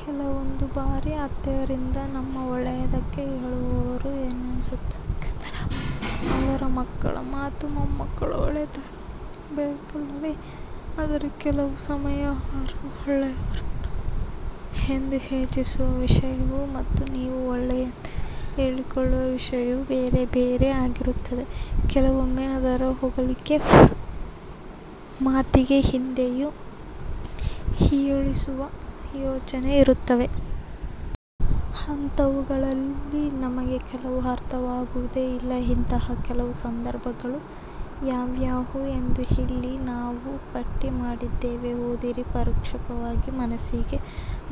ಕೆಲವೊಂದು ಬಾರಿ ಅತ್ತೆಯಂದಿರು ನಮ್ಮ ಒಳ್ಳೆಯದಕ್ಕೆ ಹೇಳುವವರು ಎಂದೆನಿಸುತ್ತದೆ. ಏಕೆಂದರೆ, ಅವರಿಗೂ ಅವರ ಮಕ್ಕಳ ಮತ್ತು ಮೊಮ್ಮಕ್ಕಳ ಒಳಿತೇ ಬೇಕಲ್ಲವೇ. ಆದರೆ ಕೆಲವು ಸಮಯ ಅವರು ಒಳ್ಳೆಯದು ಎಂದು ಯೋಚಿಸುವ ವಿಷಯವು ಮತ್ತು ನೀವು ಒಳ್ಳೆಯದು ಎಂದುಕೊಳ್ಳುವ ವಿಷಯವು ಬೇರೆ ಬೇರೆ ಆಗಿರುತ್ತವೆ. ಕೆಲವೊಮ್ಮೆ ಅವರು ಹೊಗಳಿಕೆಯ ಮಾತಿನ ಹಿಂದೆಯೂ ಹೀಯಾಳಿಸುವ ಯೋಚನೆ ಇರುತ್ತವೆ. ಅಂಥವುಗಳಲ್ಲಿ ನಮಗೆ ಕೆಲವು ಅರ್ಥವಾಗುವುದೇ ಇಲ್ಲ. ಇಂತಹ ಕೆಲವು ಸಂದರ್ಭಗಳು ಯಾವ್ಯಾವು ಎಂದು ಇಲ್ಲಿ ನಾವು ಪಟ್ಟಿ ಮಾಡಿದ್ದೇವೆ ಓದಿರಿ ಪರೋಕ್ಷವಾಗಿ ಮನಸ್ಸಿಗೆ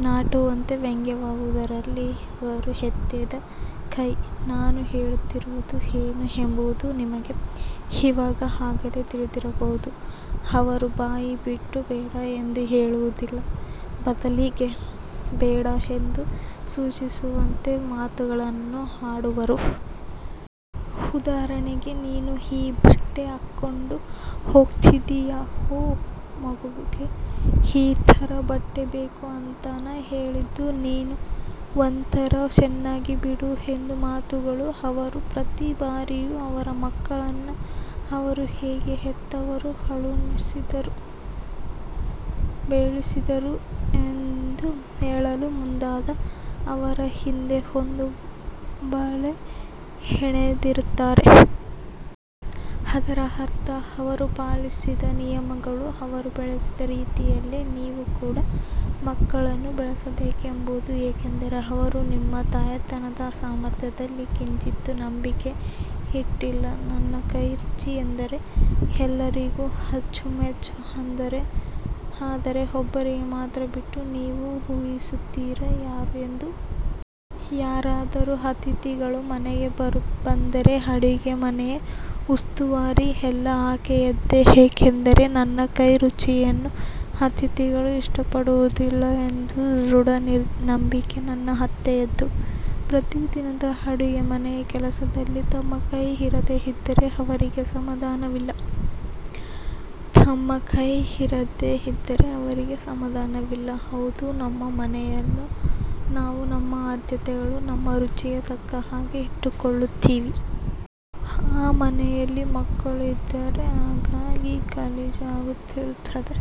ನಾಟುವಂತೆ ವ್ಯಂಗ್ಯವಾಡುವುದರಲ್ಲಿ ಇವರು ಎತ್ತಿದ ಕೈ. ನಾನು ಹೇಳುತ್ತಿರುವುದು ಏನು ಎಂಬುದು ನಿಮಗೆ ಇವಾಗ ಆಗಲೇ ತಿಳಿದಿರಬಹುದು. ಅವರು ಬಾಯಿ ಬಿಟ್ಟು ಬೇಡ ಎಂದು ಹೇಳುವುದಿಲ್ಲ, ಬದಲಿಗೆ ಬೇಡ ಎಂದು ಸೂಚಿಸುವಂತ ಮಾತುಗಳನ್ನ ಆಡುವರು. ಉದಾಹರಣೆಗೆ "ನೀನು ಈ ಬಟ್ಟೆ ಹಾಕೊಂಡ್ ಹೋಗ್ತಿದೀಯಾ? "ಒಹ್ ಮಗುಗೆ ಈ ಥರ ಬಟ್ಟೆ ಬೇಕು ಅಂತಾನಾ ಹೇಳಿದ್ದು ನೀನು? " "ಒಂಥರಾ ಚೆನ್ನಾಗಿದೆ ಬಿಡು" ಎಂಬ ಮಾತುಗಳು. ಅವರು ಪ್ರತಿ ಬಾರಿಯೂ ಅವರ ಮಕ್ಕಳನ್ನ ಅವರು ಹೇಗೆ ಹೆತ್ತರು, ಹಾಲುಣಿಸಿದರು, ಬೆಳೆಸಿದರು ಎಂದು ಹೇಳಲು ಮುಂದಾದಾಗ, ಅದರ ಹಿಂದೆ ಒಂದು ಬಲೆ ಎಣೆದಿರುತ್ತಾರೆ. ಅದರ ಅರ್ಥ ಅವರು ಪಾಲಿಸಿದ ನಿಯಮಗಳು, ಅವರು ಬೆಳೆಸಿದ ರೀತಿಯಲ್ಲೇ ನೀವೂ ಕೂಡ ಮಕ್ಕಳನ್ನು ಬೆಳೆಸಬೇಕೆಂಬುದು. ಏಕೆಂದರೆ ಅವರು ನಿಮ್ಮ ತಾಯ್ತನದ ಸಾಮರ್ಥ್ಯದಲ್ಲಿ ಕಿಂಚಿತ್ತು ನಂಬಿಕೆ ಇಟ್ಟಿಲ್ಲ. ನನ್ನ ಕೈ ರುಚಿ ಎಂದರೆ ಎಲ್ಲರಿಗೂ ಅಚ್ಚು ಮೆಚ್ಚು. ಆದರೆ ಒಬ್ಬರಿಗೆ ಮಾತ್ರ ಬಿಟ್ಟು. ನೀವು ಊಹಿಸಿರುತ್ತೀರಾ ಯಾರು ಎಂದು. ಯಾರಾದರೂ ಅತಿಥಿಗಳು ಮನೆಗೆ ಬಂದರೆ, ಅಡುಗೆ ಮನೆಯ ಉಸ್ತುವಾರಿ ಎಲ್ಲಾ ಆಕೆಯದ್ದೇ. ಏಕೆಂದರೆ ನನ್ನ ಕೈ ರುಚಿಯನ್ನು ಅತಿಥಿಗಳು ಇಷ್ಟಪಡುವುದಿಲ್ಲ ಎಂಬ ದೃಢ ನಂಬಿಕೆ ನನ್ನ ಅತ್ತೆಯದ್ದು. ಪ್ರತಿದಿನದ ಅಡುಗೆ ಮನೆಯ ಕೆಲಸಗಳಲ್ಲಿ ತಮ್ಮ ಕೈ ಇರದೇ ಇದ್ದರೆ, ಅವರಿಗೆ ಸಮಾಧಾನವಿಲ್ಲ. ಹೌದು ನಮ್ಮ ಮನೆಯನ್ನು ನಾವು ನಮ್ಮ ಆದ್ಯತೆಗಳ, ನಮ್ಮ ರುಚಿಗೆ ತಕ್ಕ ಹಾಗೆ ಇಟ್ಟುಕೊಳ್ಳುತ್ತೀವಿ. ಈ ಮನೆಯಲ್ಲಿ ಮಕ್ಕಳು ಇದ್ದಾರೆ, ಹಾಗಾಗಿ ಗಲೀಜು ಆಗುತ್ತಿರುತ್ತದೆ.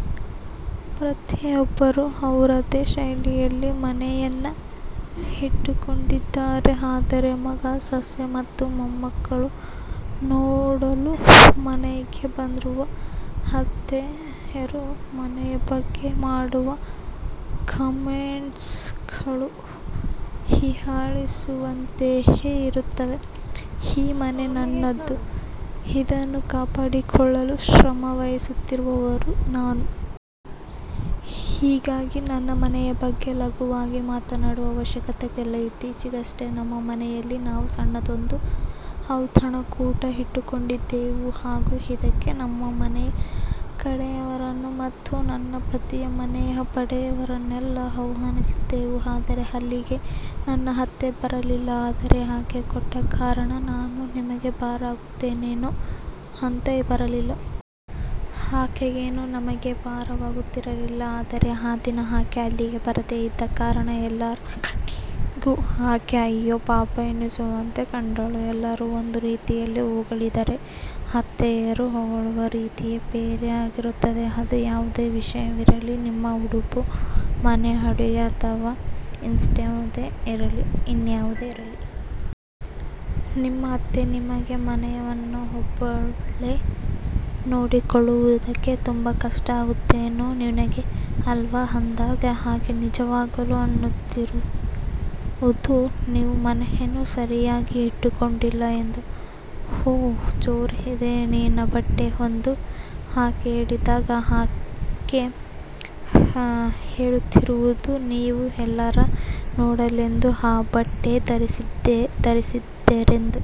ಪ್ರತಿಯೊಬ್ಬರೂ ಅವರದ್ದೇ ಶೈಲಿಯಲ್ಲಿ ಮನೆಯನ್ನ ಇಟ್ಟುಕೊಂಡಿರುತ್ತಾರೆ. ಆದರೆ, ಮಗ, ಸೊಸೆ ಮತ್ತು ಮೊಮ್ಮಕ್ಕಳನ್ನು ನೋಡಲು ಮನೆಗೆ ಬರುವ ಅತ್ತೆಯರು ಮನೆಯ ಬಗ್ಗೆ ಮಾಡುವ ಕಾಮೆಂಟ್ಸ್ ಗಳು ಹೀಯಾಳಿಸುವಂತೆಯೇ ಇರುತ್ತವೆ. ಈ ಮನೆ ನನ್ನದು, ಇದನ್ನು ಕಾಪಾಡಿಕೊಳ್ಳಲು ಶ್ರಮವಹಿಸುತ್ತಿರುವವಳು ನಾನು. ಹೀಗಾಗಿ ನನ್ನ ಮನೆಯ ಬಗ್ಗೆ ಲಘುವಾಗಿ ಮಾತಾಡುವ ಅವಶ್ಯಕತೆ ಇಲ್ಲ. ಇತ್ತೀಚಿಗಷ್ಟೇ ನಮ್ಮ ಮನೆಯಲ್ಲಿ ನಾವು ಸಣ್ಣದೊಂದು ಔತಣಕೂಟ ಇಟ್ಟುಕೊಂಡಿದ್ದೆವು ಹಾಗು ಇದಕ್ಕೆ ನಮ್ಮ ಮನೆಯ ಕಡೆಯವರನ್ನ ಮತ್ತು ನನ್ನ ಪತಿಯ ಮನೆಯ ಕಡೆಯವರನ್ನೆಲ್ಲಾ ಆಹ್ವಾನಿಸಿದ್ದೆವು. ಆದರೆ ಅಲ್ಲಿಗೆ ನನ್ನ ಅತ್ತೆ ಬರಲಿಲ್ಲ. ಅದಕ್ಕೆ ಆಕೆ ಕೊಟ್ಟ ಕಾರಣ "ನಾನು ನಿಮಗೆ ಭಾರ ಆಗುತ್ತೀನೇನೋ ಅಂತ ಬರಲಿಲ್ಲ". ಆಕೆಯೇನೂ ನಮಗೆ ಭಾರವಾಗುತ್ತಿರಲಿಲ್ಲ ಆದರೆ ಆ ದಿನ ಆಕೆ ಅಲ್ಲಿಗೆ ಬರದೇ ಇದ್ದ ಕಾರಣ, ಎಲ್ಲರ ಕಣ್ಣಿಗೂ ಆಕೆ ಅಯ್ಯೋ ಪಾಪ ಎನಿಸುವಂತೆ ಕಂಡಳು. ಎಲ್ಲರೂ ಒಂದು ರೀತಿಯಲ್ಲಿ ಹೊಗಳಿದರೆ, ಅತ್ತೆಯರು ಹೊಗಳುವ ರೀತಿಯೇ ಬೇರೆ ಆಗಿರುತ್ತದೆ. ಅದು ಯಾವುದೇ ವಿಷಯವಿರಲಿ. ನಿಮ್ಮ ಉಡುಪು, ಮನೆ, ಅಡುಗೆ ಅಥವಾ ಇನ್ನ್ಯಾವುದೇ ಇರಲಿ. ನಿಮ್ಮ ಅತ್ತೆ ನಿಮಗೆ "ಮನೆಯನ್ನ ಒಬ್ಬಳೇ ನೋಡಿಕೊಳ್ಳುವುದಕ್ಕೆ ತುಂಬಾ ಕಷ್ಟ ಆಗುತ್ತೇನೋ ನಿನಗೆ ಅಲ್ವಾ" ಎಂದಾಗ ಆಕೆ ನಿಜವಾಗಲೂ ಅನ್ನುತ್ತಿರುವುದು ನೀವು ಮನೆಯನ್ನು ಸರಿಯಾಗಿ ಇಟ್ಟುಕೊಂಡಿಲ್ಲ ಎಂದು. "ಒಹ್ ಜೋರ್ ಇದೆ ನಿನ್ನ ಬಟ್ಟೆ" ಎಂದು ಆಕೆ ಹೇಳಿದಾಗ ಆಕೆ ಹೇಳುತ್ತಿರುವುದು ನೀವು ಎಲ್ಲರೂ ನೋಡಲೆಂದೇ ಆ ಬಟ್ಟೆ ಧರಿಸಿದ್ದೀರೆಂದು.